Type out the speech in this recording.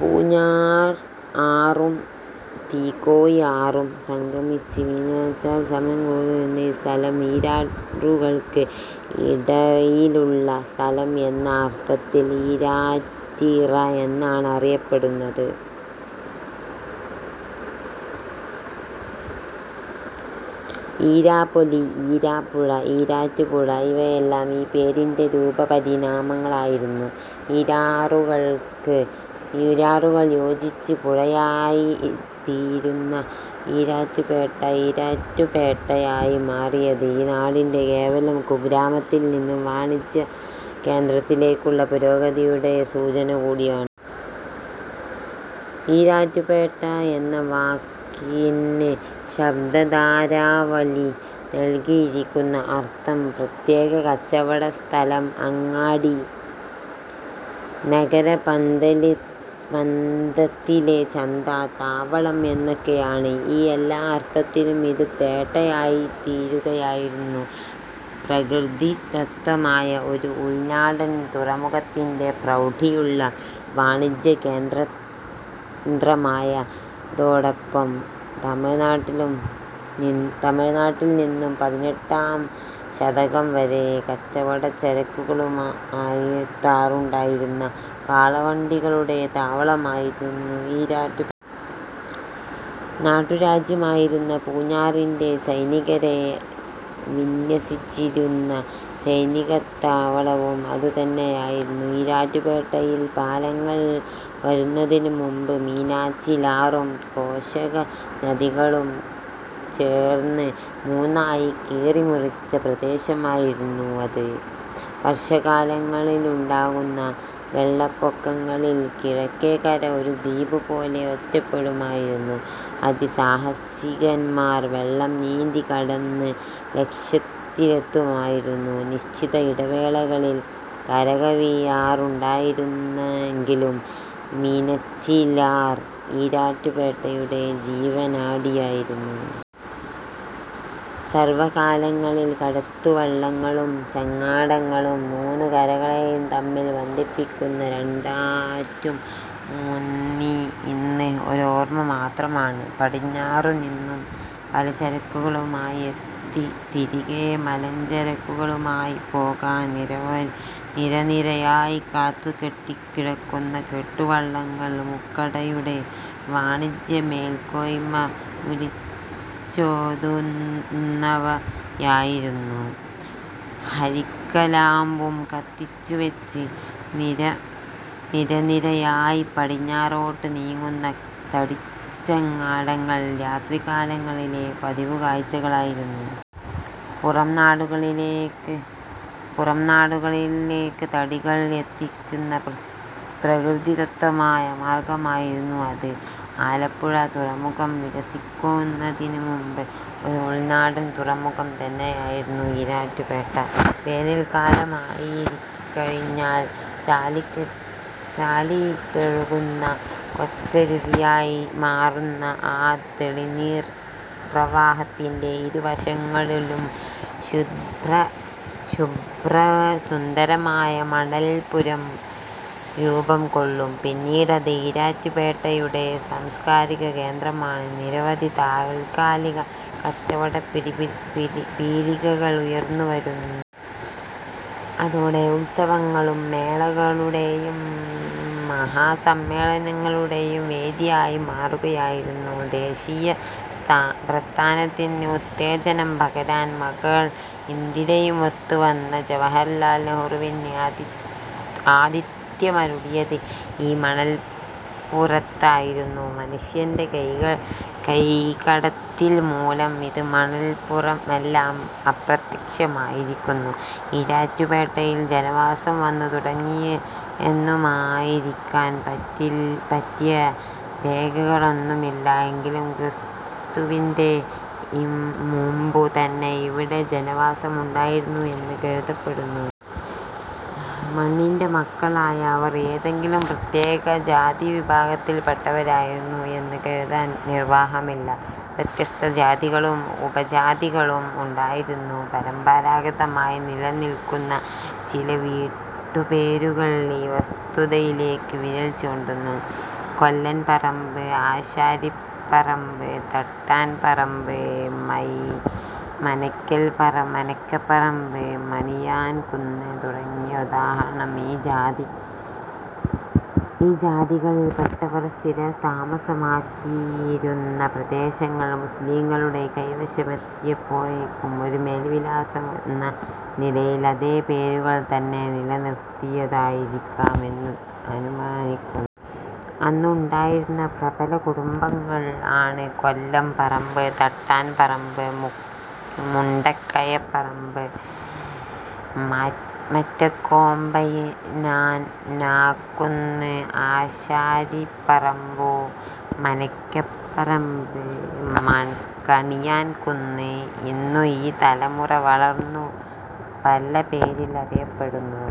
പൂഞ്ഞാർ ആറും തീക്കോയി ആറും സംഗമിച്ച് മീനച്ചിലാർ രൂപംകൊള്ളുന്ന ഈ സ്ഥലം, ഈരാറുകൾക്ക് ഇടയിലുള്ള സ്ഥലം എന്ന അർത്ഥത്തിൽ ഈരാറ്റിട എന്നാണ് അറിയപ്പെട്ടിരുന്നത്. ഈരാപൊലി, ഈരാപ്പുഴ, ഈരാറ്റുപുഴ ഇവയെല്ലാം ഈ പേരിന്റെ രൂപ പരിണാമങ്ങളായിരുന്നു.. ഈരാറുകൾ യോജിച്ച് പുഴയായിത്തീരുന്ന ഈരാറ്റു'പുഴ' ഈരാറ്റു'പേട്ട'യായി മാറിയത് ഈ നാടിന്റെ കേവലം കുഗ്രാമത്തിൽനിന്നും വാണിജ്യ കേന്ദ്രത്തിലേക്കുള്ള പുരോഗതിയുടെ സൂചന കൂടിയാണ്. 'പേട്ട' എന്ന വാക്കിന് ശബ്ദതാരാവലി നൽകിയിരിക്കുന്ന അർത്ഥം പ്രത്യേക കച്ചവട സ്ഥലം, അങ്ങാടി, നഗര പ്രാന്തത്തിലെ ചന്ത, താവളം എന്നൊക്കെയാണ്. ഈ എല്ലാ അർത്ഥത്തിലും ഇത് പേട്ടയായിത്തീരുകയായിരുന്നു. പ്രകൃതിദത്തമായ ഒരു ഉൾനാടൻ തുറമുഖത്തിന്റെ പ്രൌഢിയുള്ള വാണിജ്യ കേന്ദ്രമായതോടൊപ്പം തമിഴ്നാട്ടിൽനിന്നും പതിനെട്ടാം ശതകം വരെ കച്ചവട ചരക്കുകളുമായെത്താറുണ്ടായിരുന്ന കാളവണ്ടികളുടെ താവളവുമായിരുന്നു ഈരാറ്റുപേട്ട. നാട്ടുരാജ്യമായിരുന്ന പൂഞ്ഞാറിന്റെ സൈനികരെ വിന്യസിച്ചിരുന്ന സൈനികത്താവളവും ഇതു തന്നെയായിരുന്നു. ഈരാറ്റുപേട്ടയിൽ പാലങ്ങൾ വരുന്നതിന് മുമ്പ് മീനച്ചിലാറും പോഷക നദികളും ചേർന്ന് മൂന്നായി കീറിമുറിച്ച പ്രദേശമായിരുന്ന് ഇത്. വർഷകാലങ്ങളിലുണ്ടാകുന്ന വെള്ളപ്പൊകങ്ങളിൽ കിഴക്കേക്കര ഒരു ദ്വീപ് പോലെ ഒറ്റപ്പെടുമായിരുന്നു. അതി സാഹസികൻമാർ വെള്ളം നീന്തി കടന്ന് ലക്ഷ്യത്തിലെത്തുമായിരുന്നു. നിശ്ചിത ഇടവേളകളിൽ കരകവിയാറുണ്ടായിരുന്നെങ്കിലും മീനച്ചിലാർ ഈരാറ്റുപേട്ടയുടെ ജീവനാഡിയായിരുന്നു. വർഷകാലങ്ങളിൽ കടത്തുവള്ളങ്ങളും ചങ്ങാടങ്ങളും മൂന്നു കരകളേയും തമ്മിൽ ബന്ധിപ്പിച്ചിരുന്ന രണ്ടാറ്റും മുന്നി ഇന്ന് ഒരോർമ മാത്രമാണ്. പടിഞ്ഞാറുനിന്നും പലചരക്കുകളുമായെത്തി തിരികെ മലഞ്ചരക്കുകളുമായി പോകാൻ നിരനിരയായി കാത്തുകെട്ടിക്കിടക്കുന്ന കെട്ടുവള്ളങ്ങൾ മുക്കടയുടെ വാണിജ്യ മേൽക്കോയ്മ വിളിച്ചോതുന്നുവയായിരുന്നു. ഹരിക്കലാമ്പും കത്തിച്ചുവെച്ച് നിരനിരയായി പടിഞ്ഞാറോട്ട് നീങ്ങുന്ന തടിച്ചങ്ങാടങ്ങൾ രാത്രികാലങ്ങളിലെ പതിവു കാഴ്ചകളായിരുന്നു. പുറംനാടുകളിലേക്ക് തടികൾ എത്തിച്ചിരുന്ന പ്രകൃതിദത്തമായ മാർഗ്ഗമായിരുന്നു അത്. ആലപ്പുഴ തുറമുഖം വികസിക്കുന്നതിന് മുമ്പ് ഒരു ഉൾനാടൻ തുറമുഖം തന്നെയായിരുന്നു ഈരാറ്റുപേട്ട. വേനൽക്കാലമായിക്കഴിഞ്ഞാൽ ചാലിട്ടൊഴുകുന്ന കൊച്ചരുവിയായി മാറുന്ന ആ തെളിനീർ പ്രവാഹത്തിന്റെ ഇരുവശങ്ങളിലും ശുഭ്രസുന്ദരമായ മണൽപ്പുറം രൂപംകൊള്ളും. പിന്നീടത് ഈരാറ്റുപേട്ടയുടെ സാംസ്കാരിക കേന്ദ്രമാണ്. നിരവധി താൽക്കാലിക കച്ചവട പീടികകൾ ഉയർന്നുവരുന്നു. അതോടെ ഉത്സവങ്ങളുടേയും മേളകളുടേയും മഹാസമ്മേളനങ്ങളുടേയും വേദിയായിമാറുകയായി. ദേശീയ പ്രസ്ഥാനത്തിന് ഉത്തേജനം പകരാൻ മകൾ ഇന്ദിരയുമൊത്ത് വന്ന ജവഹർലാൽ നെഹ്റുവിന് ആതിഥ്യമരുളിയത് ഈ മണൽപ്പുറത്തായിരുന്നു. മനുഷ്യന്റെ കൈകടത്തിൽമൂലം ഇന്ന് മണൽപ്പുറമെല്ലാം അപ്രത്യക്ഷമായിരിക്കുന്നു. ഈരാറ്റുപേട്ടയിൽ ജനവാസം എന്നു തുടങ്ങിയെന്നനുമാനിക്കാൻ പറ്റിയ രേഖകളൊന്നുമില്ല. എങ്കിലും ക്രിസ്തുവിനു മുമ്പു തന്നെ ഇവിടെ ജനവാസമുണ്ടായിരുന്നു എന്ന് കരുതപ്പെടുന്നു. മണ്ണിന്റെ മക്കളായ അവർ ഏതെങ്കിലും പ്രത്യേക ജാതിവിഭാഗത്തിൽ പെട്ടവരായിരുന്നു എന്ന് കരുതാൻ നിർവാഹമില്ല. വ്യത്യസ്ത ജാതികളും ഉപജാതികളും ഉണ്ടായിരുന്നു. പരമ്പരാഗതമായി നിലനിൽക്കുന്ന ചില വീട്ടുപേരുകൾ ഈ വസ്തുതയിലേക്ക് വിരൽ ചൂണ്ടുന്നു. കൊല്ലൻപറമ്പ്, ആശാരിപറമ്പ്, തട്ടാൻപറമ്പ്, മനയ്ക്കപ്പറമ്പ്, കണിയാൻകുന്ന് തുടങ്ങിയവ ഉദാഹണം. ഈ ജാതികളിൽ പെട്ടവർ സ്ഥിര താമസമാക്കിയിരുന്ന പ്രദേശങ്ങൾ മുസ്ലിംകളുടെ കൈവശമെത്തിയപ്പോഴും ഒരു മേൽവിലാസമെന്ന നിലയിൽ അതേ പേരുകൾ തന്നെ നിലനിർത്തിയതായിരിക്കാം എന്ന് അനുമാനിക്കുന്നു. അന്ന് ഉണ്ടായിരുന്ന പ്രബല കുടുംബങ്ങൾ ആണ് കൊല്ലംപറമ്പ്, തട്ടാം പറമ്പു, മുണ്ടക്കയ പറമ്പു, മാറ്റകൊമ്പനാൽ, നാകുന്നത്, ആശാരി പറമ്പു, മനയ്ക്കപ്പറമ്പ്, കണിയാൻകുന്ന്. ഇന്നു ഈ തലമുറ വളർന്നു പല പേരിൽ അറിയപ്പെടുന്നു